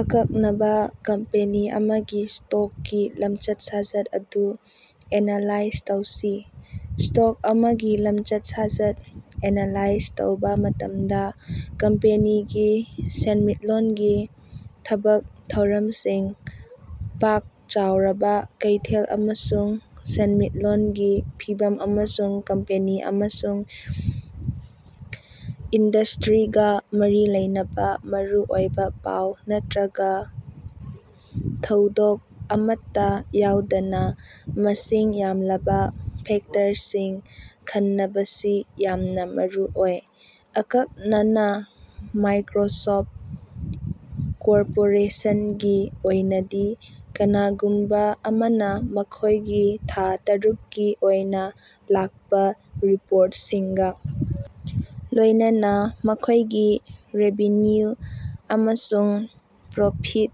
ꯑꯀꯛꯅꯕꯥ ꯀꯝꯄꯦꯅꯤ ꯑꯃꯒꯤ ꯁ꯭ꯇꯣꯛꯀꯤ ꯂꯝꯆꯠ-ꯁꯥꯖꯠ ꯑꯗꯨ ꯑꯦꯅꯥꯂꯥꯏꯖ ꯇꯧꯁꯤ꯫ ꯁ꯭ꯇꯣꯛ ꯑꯃꯒꯤ ꯂꯝꯆꯠ-ꯁꯥꯖꯠ ꯑꯦꯅꯥꯂꯥꯏꯖ ꯇꯧꯕꯥ ꯃꯇꯝꯗꯥ, ꯀꯝꯄꯦꯅꯤꯒꯤ ꯁꯦꯟꯃꯤꯠꯂꯣꯟꯒꯤ ꯊꯕꯛ ꯊꯧꯔꯝꯁꯤꯡ, ꯄꯥꯛ ꯆꯥꯎꯔꯕꯥ ꯀꯩꯊꯦꯜ ꯑꯃꯁꯨꯡ ꯁꯦꯟꯃꯤꯠꯂꯣꯟꯒꯤ ꯐꯤꯚꯝ ꯑꯃꯁꯨꯡ ꯀꯝꯄꯦꯅꯤ ꯑꯃꯁꯨꯡ ꯏꯟꯗꯁꯇ꯭ꯔꯤꯒꯥ ꯃꯔꯤ ꯂꯩꯅꯕꯥ ꯃꯔꯨꯑꯣꯏꯕꯥ ꯄꯥꯎ ꯅꯠꯇ꯭ꯔꯒꯥ ꯊꯧꯗꯣꯛ ꯑꯃꯠꯇꯥ ꯌꯥꯎꯗꯅꯥ ꯃꯁꯤꯡ ꯌꯥꯝꯂꯕꯥ ꯐꯦꯛꯇꯔꯁꯤꯡ ꯈꯟꯅꯕꯁꯤ ꯌꯥꯝꯅꯥ ꯃꯔꯨꯑꯣꯏ꯫ ꯑꯀꯛꯅꯅꯥ ꯃꯥꯏꯀ꯭ꯔꯣꯁꯣꯞ ꯀꯣꯔꯄꯣꯔꯦꯁꯟꯒꯤ ꯑꯣꯏꯅꯗꯤ, ꯀꯅꯥꯒꯨꯝꯕꯥ ꯑꯃꯅꯥ ꯃꯈꯣꯏꯒꯤ ꯊꯥ ꯇꯔꯨꯛꯀꯤ ꯑꯣꯏꯅꯥ ꯂꯥꯛꯄꯥ ꯔꯤꯄꯣꯔꯠꯁꯤꯡꯒꯥ ꯂꯣꯏꯅꯅꯥ ꯃꯈꯣꯏꯒꯤ ꯔꯦꯚꯤꯅ꯭ꯌꯨ ꯑꯃꯁꯨꯡ ꯄ꯭ꯔꯣꯐꯤꯠ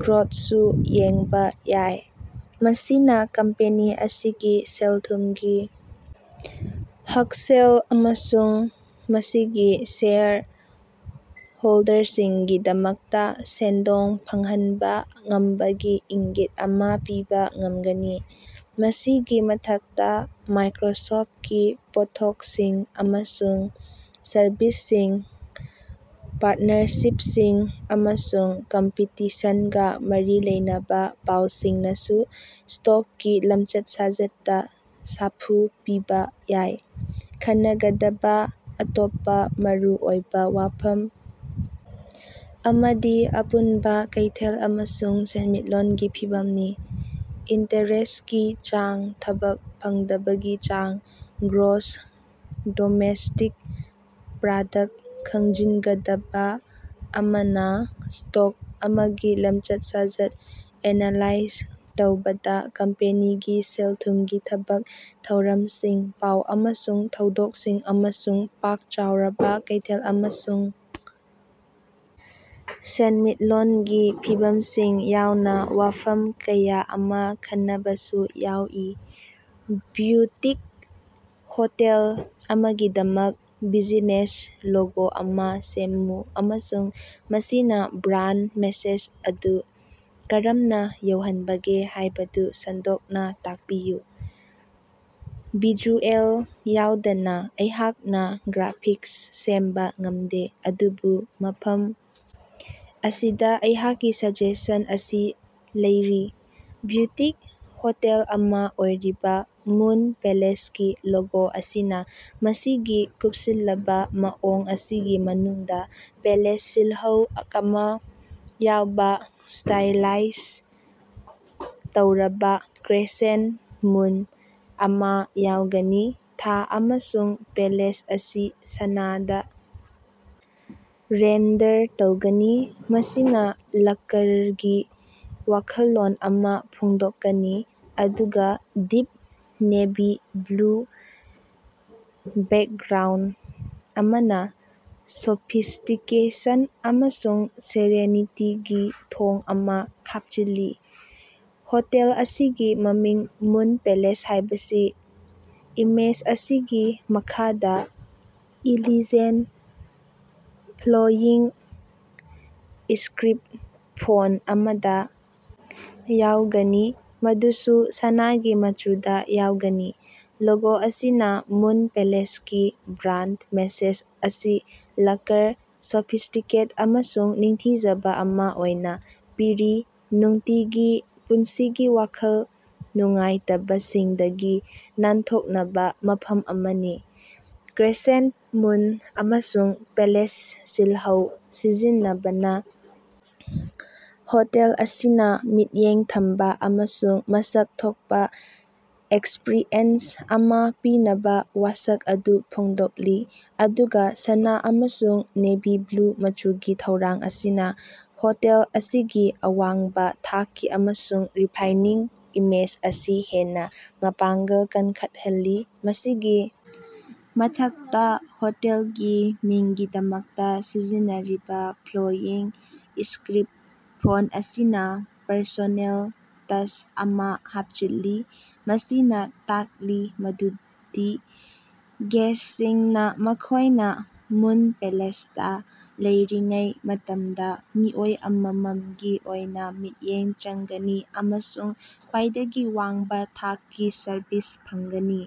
ꯒ꯭ꯔꯣꯠꯁꯨ ꯌꯦꯡꯕꯥ ꯌꯥꯏ꯫ ꯃꯁꯤꯅꯥ ꯀꯝꯄꯦꯅꯤ ꯑꯁꯤꯒꯤ ꯁꯦꯜ-ꯊꯨꯝꯒꯤ ꯍꯛꯁꯦꯜ ꯑꯃꯁꯨꯡ ꯃꯁꯤꯒꯤ ꯁꯦꯌꯔ ꯍꯣꯜꯗꯔꯁꯤꯡꯒꯤꯗꯃꯛꯇꯥ ꯁꯦꯟꯗꯣꯡ ꯐꯪꯍꯟꯕꯥ ꯉꯝꯕꯒꯤ ꯏꯪꯒꯤꯠ ꯑꯃꯥ ꯄꯤꯕꯥ ꯉꯝꯒꯅꯤ꯫ ꯃꯁꯤꯒꯤ ꯃꯊꯛꯇꯥ, ꯃꯥꯏꯀ꯭ꯔꯣꯁꯣꯞꯀꯤ ꯄꯣꯠꯊꯣꯛꯁꯤꯡ ꯑꯃꯁꯨꯡ ꯁꯔꯚꯤꯁꯁꯤꯡ, ꯄꯥꯔꯠꯅꯔꯁꯤꯞꯁꯤꯡ ꯑꯃꯁꯨꯡ ꯀꯝꯄꯤꯇꯤꯁꯟꯒꯥ ꯃꯔꯤ ꯂꯩꯅꯕꯥ ꯄꯥꯎꯁꯤꯡꯅꯁꯨ ꯁ꯭ꯇꯣꯛꯀꯤ ꯂꯝꯆꯠ-ꯁꯥꯖꯠꯇꯥ ꯁꯥꯐꯨ ꯄꯤꯕꯥ ꯌꯥꯏ꯫ ꯈꯟꯅꯒꯗꯕꯥ ꯑꯇꯣꯞꯄꯥ ꯃꯔꯨꯑꯣꯏꯕꯥ ꯋꯥꯐꯝ ꯑꯃꯗꯤ ꯑꯄꯨꯟꯕꯥ ꯀꯩꯊꯦꯜ ꯑꯃꯁꯨꯡ ꯁꯦꯟꯃꯤꯠꯂꯣꯟꯒꯤ ꯐꯤꯚꯝꯅꯤ꯫ ꯏꯟꯇꯔꯦꯁꯀꯤ ꯆꯥꯡ, ꯊꯕꯛ ꯐꯪꯗꯕꯒꯤ ꯆꯥꯡ, ꯒ꯭ꯔꯣꯁ ꯗꯣꯃꯦꯁꯇꯤꯛ ꯄ꯭ꯔꯥꯗꯛ ꯈꯪꯖꯤꯟꯒꯗꯕꯥ ꯑꯃꯅꯥ, ꯁ꯭ꯇꯣꯛ ꯑꯃꯒꯤ ꯂꯝꯆꯠ-ꯁꯥꯖꯠ ꯑꯦꯅꯥꯂꯥꯏꯖ ꯇꯧꯕꯗꯥ ꯀꯝꯄꯦꯅꯤꯒꯤ ꯁꯦꯜ-ꯊꯨꯝꯒꯤ ꯊꯕꯛ ꯊꯧꯔꯝꯁꯤꯡ, ꯄꯥꯎ ꯑꯃꯁꯨꯡ ꯊꯧꯗꯣꯛꯁꯤꯡ ꯑꯃꯁꯨꯡ ꯄꯥꯛ ꯆꯥꯎꯔꯕꯥ ꯀꯩꯊꯦꯜ ꯑꯃꯁꯨꯡ ꯁꯦꯟꯃꯤꯠꯂꯣꯟꯒꯤ ꯐꯤꯚꯝꯁꯤꯡ ꯌꯥꯎꯅꯥ ꯋꯥꯐꯝ ꯀꯌꯥ ꯑꯃꯥ ꯈꯟꯅꯕꯁꯨ ꯌꯥꯎꯏ꯫ ꯕ꯭ꯌꯨꯇꯤꯛ ꯍꯣꯇꯦꯜ ꯑꯃꯒꯤꯗꯃꯛ ꯕꯤꯖꯤꯅꯦꯁ ꯂꯣꯒꯣ ꯑꯃꯥ ꯁꯦꯝꯃꯨ ꯑꯃꯁꯨꯡ ꯃꯁꯤꯅꯥ ꯕ꯭ꯔꯥꯟ ꯃꯦꯁꯦꯖ ꯑꯗꯨ ꯀꯔꯝꯅꯥ ꯌꯧꯍꯟꯕꯒꯦ ꯍꯥꯏꯕꯗꯨ ꯁꯟꯗꯣꯛꯅꯥ ꯇꯥꯛꯄꯤꯌꯨ꯫ ꯚꯤꯖꯨꯑꯦꯜ ꯌꯥꯎꯗꯅꯥ ꯑꯩꯍꯥꯛꯅꯥ ꯒ꯭ꯔꯥꯐꯤꯛꯁ ꯁꯦꯝꯕꯥ ꯉꯝꯗꯦ꯫ ꯑꯗꯨꯕꯨ ꯃꯐꯝ ꯑꯁꯤꯗꯥ ꯑꯩꯍꯥꯛꯀꯤ ꯁꯖꯦꯁꯟ ꯑꯁꯤ ꯂꯩꯔꯤ꯫ ꯕ꯭ꯌꯨꯇꯤꯛ ꯍꯣꯇꯦꯜ ꯑꯃꯥ ꯑꯣꯏꯔꯤꯕꯥ ꯃꯨꯟ ꯄꯦꯂꯦꯁꯀꯤ ꯂꯣꯒꯣ ꯑꯁꯤꯅꯥ ꯃꯁꯤꯒꯤ ꯀꯨꯞꯁꯤꯜꯂꯕꯥ ꯃꯑꯣꯡ ꯑꯁꯤꯒꯤ ꯃꯅꯨꯡꯗꯥ ꯄꯦꯂꯦꯁ ꯁꯤꯜꯍꯧ ꯑꯃꯥ ꯌꯥꯎꯕꯥ ꯁ꯭ꯇꯥꯏꯂꯥꯏꯖ ꯇꯧꯔꯕꯥ ꯀ꯭ꯔꯦꯁꯦꯟ ꯃꯨꯟ ꯑꯃꯥ ꯌꯥꯎꯒꯅꯤ꯫ ꯊꯥ ꯑꯃꯁꯨꯡ ꯄꯦꯂꯦꯁ ꯑꯁꯤ ꯁꯅꯥꯗꯥ ꯔꯦꯟꯗꯔ ꯇꯧꯒꯅꯤ, ꯃꯁꯤꯅꯥ ꯂꯛꯀꯔꯒꯤ ꯋꯥꯈꯜꯂꯣꯟ ꯑꯃꯥ ꯐꯣꯡꯗꯣꯛꯀꯅꯤ, ꯑꯗꯨꯒꯥ ꯗꯤꯞ ꯅꯦꯚꯤ ꯕ꯭ꯂꯨ ꯕꯦꯛꯒ꯭ꯔꯥꯎꯟ ꯑꯃꯅꯥ ꯁꯣꯐꯤꯁꯇꯤꯀꯦꯁꯟ ꯑꯃꯁꯨꯡ ꯁꯦꯔꯦꯅꯤꯇꯤꯒꯤ ꯊꯣꯡ ꯑꯃꯥ ꯍꯥꯞꯆꯤꯜꯂꯤ꯫ ꯍꯣꯇꯦꯜ ꯑꯁꯤꯒꯤ ꯃꯃꯤꯡ ꯃꯨꯟ ꯄꯦꯂꯦꯁ ꯍꯥꯏꯕꯁꯤ ꯏꯃꯦꯖ ꯑꯁꯤꯒꯤ ꯃꯈꯥꯗꯥ ꯏꯂꯤꯖꯦꯟ, ꯐ꯭ꯂꯣꯌꯤꯡ ꯏꯁꯀ꯭ꯔꯤꯞ ꯐꯣꯟ ꯑꯃꯗꯥ ꯌꯥꯎꯒꯅꯤ, ꯃꯗꯨꯁꯨ ꯁꯅꯥꯒꯤ ꯃꯆꯨꯗꯥ ꯌꯥꯎꯒꯅꯤ꯫ ꯂꯣꯒꯣ ꯑꯁꯤꯅꯥ ꯃꯨꯟ ꯄꯦꯂꯦꯁꯀꯤ ꯕ꯭ꯔꯥꯟꯗ ꯃꯦꯁꯦꯖ ꯑꯁꯤ ꯂꯛꯀꯔ, ꯁꯣꯐꯤꯁꯇꯤꯀꯦꯠ ꯑꯃꯁꯨꯡ ꯅꯤꯡꯊꯤꯖꯕ ꯑꯃꯥ ꯑꯣꯏꯅꯥ ꯄꯤꯔꯤ – ꯅꯨꯡꯇꯤꯒꯤ ꯄꯨꯟꯁꯤꯒꯤ ꯋꯥꯈꯜ ꯅꯨꯡꯉꯥꯏꯇꯕꯁꯤꯡꯗꯒꯤ ꯅꯥꯟꯊꯣꯛꯅꯕꯥ ꯃꯐꯝ ꯑꯃꯅꯤ꯫ ꯀ꯭ꯔꯦꯁꯦꯟꯇ ꯃꯨꯟ ꯑꯃꯁꯨꯡ ꯄꯦꯂꯦꯁ ꯁꯤꯜꯍꯧ ꯁꯤꯖꯤꯟꯅꯕꯅꯥ ꯍꯣꯇꯦꯜ ꯑꯁꯤꯅꯥ ꯃꯤꯠꯌꯦꯡ ꯊꯝꯕꯥ ꯑꯃꯁꯨꯡ ꯃꯁꯛ ꯊꯣꯛꯄꯥ ꯑꯦꯛꯁꯄ꯭ꯔꯤꯌꯦꯟꯁ ꯑꯃꯥ ꯄꯤꯅꯕꯥ ꯋꯥꯁꯛ ꯑꯗꯨ ꯐꯣꯡꯗꯣꯛꯂꯤ, ꯑꯗꯨꯒꯥ ꯁꯅꯥ ꯑꯃꯁꯨꯡ ꯅꯦꯚꯤ ꯕ꯭ꯂꯨ ꯃꯆꯨꯒꯤ ꯊꯧꯔꯥꯡ ꯑꯁꯤꯅꯥ ꯍꯣꯇꯦꯜ ꯑꯁꯤꯒꯤ ꯑꯋꯥꯡꯕꯥ ꯊꯥꯛꯀꯤ ꯑꯃꯁꯨꯡ ꯔꯤꯐꯥꯏꯅꯤꯡ ꯏꯃꯦꯖ ꯑꯁꯤ ꯍꯦꯟꯅꯥ ꯃꯄꯥꯡꯒꯜ ꯀꯟꯈꯠꯍꯜꯂꯤ꯫ ꯃꯁꯤꯒꯤ ꯃꯊꯛꯇꯥ, ꯍꯣꯇꯦꯜꯒꯤ ꯃꯤꯡꯒꯤꯗꯃꯛꯇꯥ ꯁꯤꯖꯤꯟꯅꯔꯤꯕꯥ ꯐ꯭ꯂꯣꯌꯤꯡ ꯏꯁꯀ꯭ꯔꯤꯞ ꯐꯣꯟ ꯑꯁꯤꯅꯥ ꯄꯔꯁꯣꯅꯦꯜ ꯇꯁ ꯑꯃꯥ ꯍꯥꯞꯆꯤꯜꯂꯤ, ꯃꯁꯤꯅꯥ ꯇꯥꯛꯂꯤ ꯃꯗꯨꯗꯤ ꯒꯦꯁꯁꯤꯡꯅꯥ ꯃꯈꯣꯏꯅꯥ ꯃꯨꯟ ꯄꯦꯂꯦꯁꯇꯥ ꯂꯩꯔꯤꯉꯩ ꯃꯇꯝꯗꯥ ꯃꯤꯑꯣꯏ ꯑꯃꯃꯝꯒꯤ ꯑꯣꯏꯅꯥ ꯃꯤꯠꯌꯦꯡ ꯆꯪꯒꯅꯤ ꯑꯃꯁꯨꯡ ꯈ꯭ꯋꯥꯏꯗꯒꯤ ꯋꯥꯡꯕꯥ ꯊꯥꯛꯀꯤ ꯁꯔꯚꯤꯁ ꯐꯪꯒꯅꯤ꯫